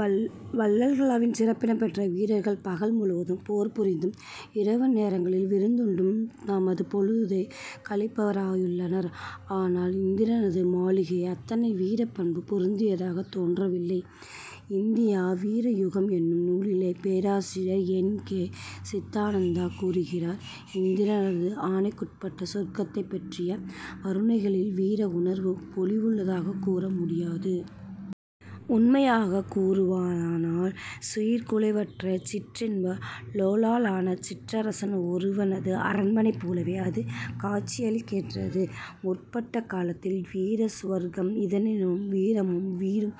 வல்ஹல்லாவில் சிறப்பிடம் பெற்ற வீரர்கள் பகல் முழுவதும் போர்புரிந்தும் இரவு நேரங்களில் விருந்துண்டும் தமது பொழுதைக் கழிப்பவராயுள்ளனர். ஆனால் இந்திரனது மாளிகை அத்தனை வீரப் பண்பு பொருந்தியதாகத் தோன்றவில்லை. இந்திய வீரயுகம் என்னும் நூலிலே பேராசிரியர் என். கே. சித்தாந்தா கூறுகிறார்: "இந்திரனது ஆணைக்குட்பட்ட சொர்க்கத்தைப்பற்றிய வருணனைகளில் வீரஉணர்வு பொலிவதாகக்கூறு முடியாது. உண்மையாகக் கூறுவதானால், சீர்குலைவுற்ற சிற்றின்ப லோலனான சிற்றரசன் ஒருவனது அரண்மனை போலவே அது காட்சியளிக்கிறது. முற்பட்ட காலத்தில் வீர சுவர்க்கம் இதனிலும் வீரமும் வீறும்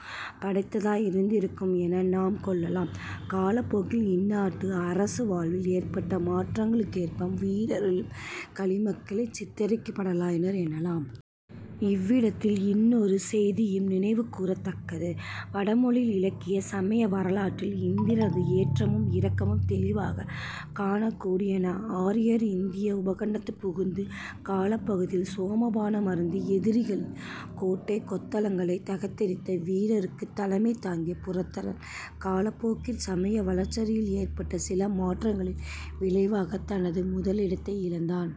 படைத்ததாய் இருந்திருக்கும் என நாம் கொள்ளலாம். காலப் போக்கில் இந்நாட்டு அரச வாழ்வில் ஏற்பட்ட மாற்றங்களுக்கேற்ப வீரரிலும் களிமக்களே சித்திரிக்கப்படலாயினர் எனலாம். " இவ்விடத்தில் இன்னொரு செய்தியும் நினைவுகூரத் தக்கது. வடமொழி இலக்கிய, சமய வரலாற்றில் இந்திரனது ஏற்றமும் இறக்கமும் தௌிவாகக் காணக்கூடியன. ஆரியர் இந்திய உபகண்டத்துட் புகுந்த காலப்பகுதியில் சோமபானம் அருந்தி எதிரிகளின் கோட்டை கொத்தளங்களைத் தகர்த்தெறிந்த வீரருக்குத் தலைமை தாங்கிய புரந்தரன் காலப்போக்கிற் சமய வளர்ச்சியில் ஏற்பட்ட சில மாற்றங்களின் விளைவாகத் தனது முதலிடத்தை இழந்தான்.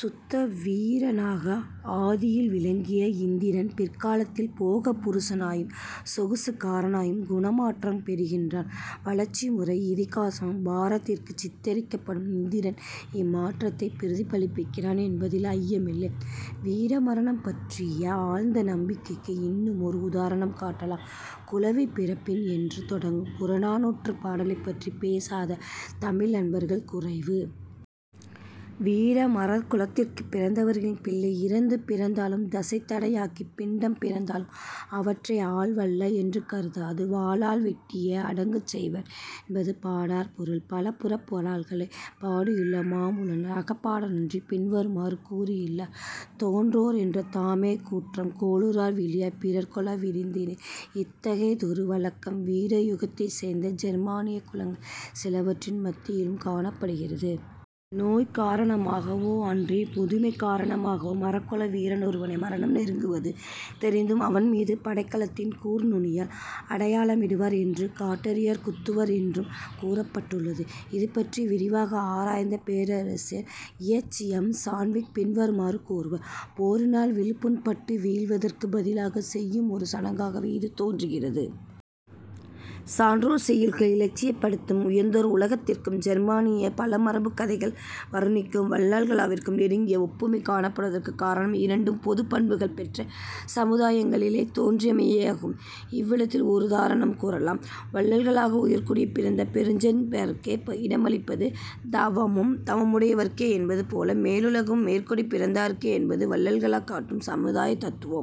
சுத்த வீரனாக ஆதியில் விளங்கிய இந்திரன் பிற்காலத்தில் போக புருஷனாயும் 'சொகுசு'க்காரனாயும் குணமாற்றம் பெறுகின்றான். வளர்ச்சி முறை இதிகாசமாம் பாரதத்திற் சித்திரிக்கப்படும் இந்திரன் இம் மாற்றத்தைப் பிரதிபலிக்கிறான் என்பதில் ஐயம் இல்லை. வீரமரணம் பற்றிய ஆழ்ந்த நம்பிக்கைக்கு இன்னுமோர் உதாரணம் காட்டலாம். "குழவி பிறப்பினும்" என்று தொடங்கும் புறநானூற்றுப் பாடலைப் பற்றிப் பேசாத தமிழ் அன்பர்கள் குறைவு. வீரமறக்குலத்திற் பிறந்தவர்கள் பிள்ளை இறந்து பிறந்தாலும் தசைத் தடியாகிய பிண்டம் பிறந்தாலும் அவற்றை ஆள் வல்ல என்று கருதாது வாளால் வெட்டியே அடக்கஞ் செய்வர் என்பது பாடற்பொருள். பலபுறப் பாடல்களைப் பாடியுள்ள மாமூலனார் அகப்பாட்டொன்றில் பின்வருமாறு கூறியுள்ளார்: "நோற்றோர் என்ற தாமே கூற்றம் கோளுற விளியார் பிறர் கொள விறிந்தோர்" இத்தகையதொரு வழக்கம் வீரயுகத்தைச் சேர்ந்த ஜெர்மானியக் குலங்கள் சிலவற்றின் மத்தியிலும் காணப்படுகிறது. நோய் காரணமாகவோ அன்றி முதுமை காரணமாகவோ மறக்குல வீரனொருவனை மரணம் நெருங்குவது தெரிந்ததும் அவன்மீது படைக்கலத்தின் கூர் நுனியினால் அடையாளமிடுவர் என்றும், கட்டாரியாற் குத்துவர் என்றும் கூறப்பட்டுள்ளது. இதுபற்றி விரிவாக ஆராய்ந்த பேராசிரியர் எச். எம். சாட்விக் பின்வருமாறு கூறுவர்: "போரினால் விழுப்புண் பட்டு வீழ்வதற்குப் பதிலாகச் செய்யும் ஒரு சடங்காகவே இது தோன்றுகிறது. " சான்றோர் செய்யுட்கள் இலட்சியப்படுத்தும் உயர்ந்தோர் உலகத்திற்கும் ஜெர்மானியப் பழமரபுக் கதைகள் வருணிக்கும் வல்ஹல்லாவிற்கும் நெருங்கிய ஒப்புமை காணப்படுவதற்குக் காரணம், இரண்டும் பொதுப் பண்புகள் பெற்ற சமுதாயங்களிலே தோன்றியமையேயாகும். இவ்விடத்திலே ஒருதாரணம் கூறலாம். வல்ஹல்லா உயர்குடிப் பிறந்த பெருஞ் செய்யாடவருக்கே இடமளிப்பது. 'தவமும் தவமுடையார்க்கே' என்பது போல மேலுலகமும் மேற்குடிப் பிறந்தாருக்கே என்பது வல்ஹல்லா காட்டும் சமுதாயத் தத்துவம்.